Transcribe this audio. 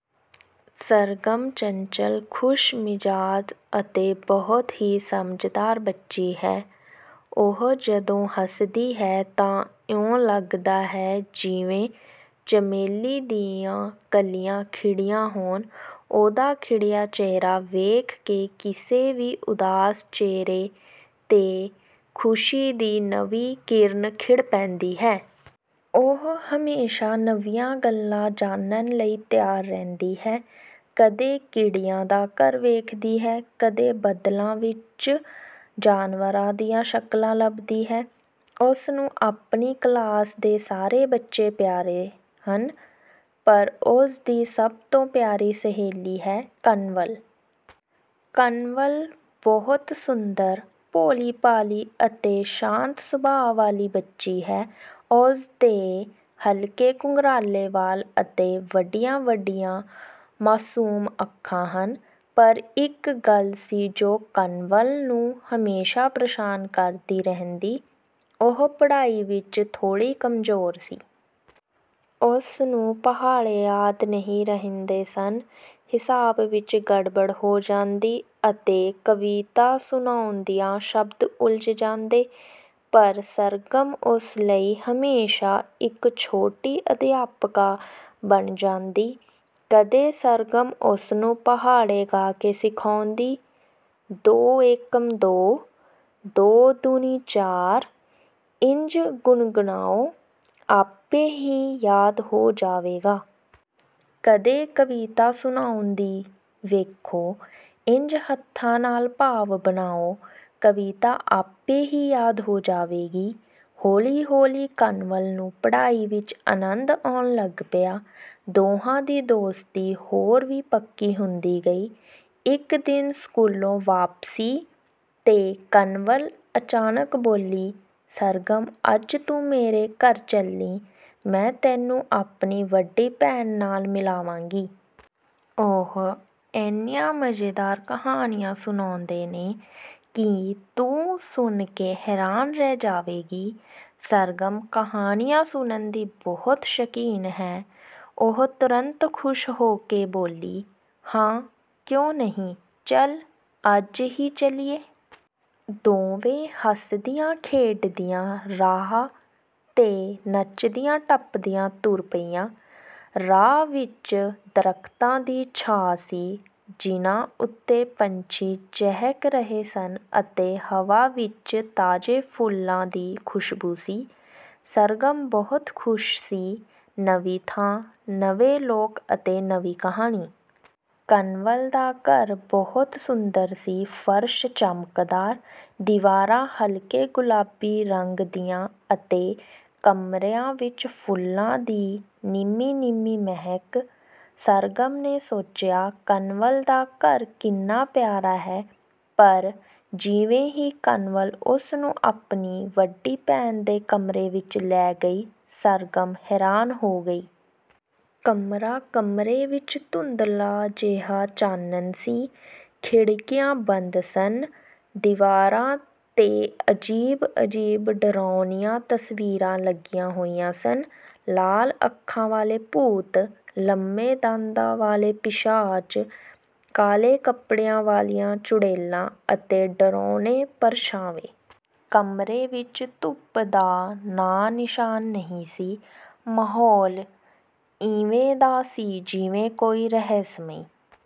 ਸਰਗਮ ਚੰਚਲ, ਖੁਸ਼ਮਿਜਾਜ਼ ਅਤੇ ਬਹੁਤ ਹੀ ਸਮਝਦਾਰ ਬੱਚੀ ਹੈ। ਉਹ ਜਦੋਂ ਹਸਦੀ ਹੈ ਤਾਂ ਇਉਂ ਲਗਦਾ ਹੈ ਜਿਵੇਂ ਚਮੇਲੀ ਦੀਆਂ ਕਲੀਆਂ ਖਿੜੀਆਂ ਹੋਣ। ਉਹਦਾ ਖਿੜਿਆ ਚਿਹਰਾ ਵੇਖ ਕੇ ਕਿਸੇ ਵੀ ਉਦਾਸ ਚਿਹਰੇ 'ਤੇ ਖੁਸ਼ੀ ਦੀ ਨਵੀਂ ਕਿਰਨ ਖਿੜ ਪੈਂਦੀ ਹੈ। ਉਹ ਹਮੇਸ਼ਾਂ ਨਵੀਆਂ ਗੱਲਾਂ ਜਾਣਨ ਲਈ ਤਿਆਰ ਰਹਿੰਦੀ ਹੈ। ਕਦੇ ਕੀੜੀਆਂ ਦਾ ਘਰ ਵੇਖਦੀ ਹੈ, ਕਦੇ ਬੱਦਲਾਂ ਵਿੱਚ ਜਾਨਵਰਾਂ ਦੀਆਂ ਸ਼ਕਲਾਂ ਲੱਭਦੀ ਹੈ। ਉਸਨੂੰ ਆਪਣੀ ਕਲਾਸ ਦੇ ਸਾਰੇ ਬੱਚੇ ਪਿਆਰੇ ਹਨ, ਪਰ ਉਸਦੀ ਸਭ ਤੋਂ ਪਿਆਰੀ ਸਹੇਲੀ ਹੈ, ਕੰਵਲ। ਕੰਵਲ ਬਹੁਤ ਸੁੰਦਰ, ਭੋਲ਼ੀ-ਭਾਲ਼ੀ ਅਤੇ ਸ਼ਾਂਤ ਸੁਭਾਅ ਵਾਲ਼ੀ ਬੱਚੀ ਹੈ। ਉਸਦੇ ਹਲਕੇ ਘੁੰਘਰਾਲ਼ੇ ਵਾਲ਼ ਅਤੇ ਵੱਡੀਆਂ-ਵੱਡੀਆਂ ਮਾਸੂਮ ਅੱਖਾਂ ਹਨ। ਪਰ ਇੱਕ ਗੱਲ ਸੀ ਜੋ ਕੰਵਲ ਨੂੰ ਹਮੇਸ਼ਾਂ ਪਰੇਸ਼ਾਨ ਕਰਦੀ ਰਹਿੰਦੀ, ਉਹ ਪੜ੍ਹਾਈ ਵਿੱਚ ਥੋੜ੍ਹੀ ਕਮਜ਼ੋਰ ਸੀ। ਉਸਨੂੰ ਪਹਾੜੇ ਯਾਦ ਨਹੀਂ ਰਹਿੰਦੇ ਸਨ, ਹਿਸਾਬ ਵਿੱਚ ਗੜਬੜ ਹੋ ਜਾਂਦੀ ਅਤੇ ਕਵਿਤਾ ਸੁਣਾਉਂਦਿਆਂ ਸ਼ਬਦ ਉਲਝ ਜਾਂਦੇ। ਪਰ ਸਰਗਮ ਉਸ ਲਈ ਹਮੇਸ਼ਾਂ ਇੱਕ ਛੋਟੀ ਅਧਿਆਪਕਾ ਬਣ ਜਾਂਦੀ। ਕਦੇ ਸਰਗਮ ਉਸਨੂੰ ਪਹਾੜੇ ਗਾ ਕੇ ਸਿਖਾਉਂਦੀ, "ਦੋ ਏਕਮ ਦੋ, ਦੋ ਦੂਣੀ ਚਾਰ, ਇੰਞ ਗੁਣਗੁਣਾਓ, ਆਪੇ ਹੀ ਯਾਦ ਹੋ ਜਾਵੇਗਾ।" ਕਦੇ ਕਵਿਤਾ ਸੁਣਾਉਂਦੀ "ਵੇਖੋ, ਇੰਞ ਹੱਥਾਂ ਨਾਲ਼ ਭਾਵ ਬਣਾਓ, ਕਵਿਤਾ ਆਪੇ ਹੀ ਯਾਦ ਹੋ ਜਾਵੇਗੀ।" ਹੌਲ਼ੀ-ਹੌਲ਼ੀ ਕੰਵਲ ਨੂੰ ਪੜ੍ਹਾਈ ਵਿੱਚ ਅਨੰਦ ਆਉਣ ਲੱਗ ਪਿਆ। ਦੋਹਾਂ ਦੀ ਦੋਸਤੀ ਹੋਰ ਵੀ ਪੱਕੀ ਹੁੰਦੀ ਗਈ। ਇੱਕ ਦਿਨ ਸਕੂਲੋਂ ਵਾਪਸੀ 'ਤੇ ਕੰਵਲ ਅਚਾਨਕ ਬੋਲੀ, "ਸਰਗਮ, ਅੱਜ ਤੂੰ ਮੇਰੇ ਘਰ ਚੱਲੀਂ, ਮੈਂ ਤੈਨੂੰ ਆਪਣੀ ਵੱਡੀ ਭੈਣ ਨਾਲ਼ ਮਿਲਾਵਾਂਗੀ। ਉਹ ਐਨੀਆਂ ਮਜ਼ੇਦਾਰ ਕਹਾਣੀਆਂ ਸੁਣਾਉਂਦੇ ਨੇ ਕਿ ਤੂੰ ਸੁਣ ਕੇ ਹੈਰਾਨ ਰਹਿ ਜਾਵੇਂਗੀ। " ਸਰਗਮ ਕਹਾਣੀਆਂ ਸੁਣਨ ਦੀ ਬਹੁਤ ਸ਼ੌਕੀਨ ਹੈ। ਉਹ ਤੁਰੰਤ ਖੁਸ਼ ਹੋ ਕੇ ਬੋਲੀ, "ਹਾਂ, ਕਿਉਂ ਨਹੀਂ, ਚੱਲ ਅੱਜ ਹੀ ਚੱਲੀਏ।" ਦੋਵੇਂ ਹੱਸਦੀਆਂ-ਖੇਡਦੀਆਂ ਰਾਹ 'ਤੇ ਨਚਦੀਆਂ-ਟੱਪਦੀਆਂ ਟੁਰ ਪਈਆਂ। ਰਾਹ ਵਿੱਚ ਦਰੱਖਤਾਂ ਦੀ ਛਾਂ ਸੀ, ਜਿਨ੍ਹਾਂ ਉੱਤੇ ਪੰਛੀ ਚਹਿਕ ਰਹੇ ਸਨ ਅਤੇ ਹਵਾ ਵਿੱਚ ਤਾਜ਼ੇ ਫੁੱਲਾਂ ਦੀ ਖੁਸ਼ਬੂ ਸੀ। ਸਰਗਮ ਬਹੁਤ ਖ਼ੁਸ਼ ਸੀ ਨਵੀਂ ਥਾਂ, ਨਵੇਂ ਲੋਕ ਅਤੇ ਨਵੀਂ ਕਹਾਣੀ। ਕੰਵਲ ਦਾ ਘਰ ਬਹੁਤ ਸੁੰਦਰ ਸੀ ਫਰਸ਼ ਚਮਕਦਾਰ, ਦੀਵਾਰਾਂ ਹਲਕੇ ਗੁਲਾਬੀ ਰੰਗ ਦੀਆਂ ਅਤੇ ਕਮਰਿਆਂ ਵਿੱਚ ਫੁੱਲਾਂ ਦੀ ਨਿੰਮ੍ਹੀ-ਨਿੰਮ੍ਹੀ ਮਹਿਕ। ਸਰਗਮ ਨੇ ਸੋਚਿਆ, "ਕੰਵਲ ਦਾ ਘਰ ਕਿੰਨਾ ਪਿਆਰਾ ਹੈ।" ਪਰ ਜਿਵੇਂ ਹੀ ਕੰਵਲ ਉਸਨੂੰ ਆਪਣੀ ਵੱਡੀ ਭੈਣ ਦੇ ਕਮਰੇ ਵਿੱਚ ਲੈ ਗਈ, ਸਰਗਮ ਹੈਰਾਨ ਹੋ ਗਈ। ਕਮਰਾ ਕਮਰੇ ਵਿੱਚ ਧੁੰਦਲਾ ਜਿਹਾ ਚਾਨਣ ਸੀ। ਖਿੜਕੀਆਂ ਬੰਦ ਸਨ। ਦੀਵਾਰਾਂ 'ਤੇ ਅਜੀਬ-ਅਜੀਬ, ਡਰਾਉਣੀਆਂ ਤਸਵੀਰਾਂ ਲੱਗੀਆਂ ਹੋਈਆਂ ਸਨ। ਲਾਲ ਅੱਖਾਂ ਵਾਲੇ ਭੂਤ, ਲੰਮੇ ਦੰਦਾਂ ਵਾਲ਼ੇ ਪਿਸ਼ਾਚ, ਕਾਲ਼ੇ ਕੱਪੜਿਆਂ ਵਾਲ਼ੀਆਂ ਚੁੜੇਲਾਂ ਅਤੇ ਡਰਾਉਣੇ ਪਰਛਾਵੇਂ। ਕਮਰੇ ਵਿੱਚ ਧੁੱਪ ਦਾ ਨਾਂ-ਨਿਸ਼ਾਨ ਨਹੀਂ ਸੀ। ਮਾਹੌਲ ਇਵੇਂ ਦਾ ਸੀ ਜਿਵੇਂ ਕੋਈ ਰਹੱਸਮਈ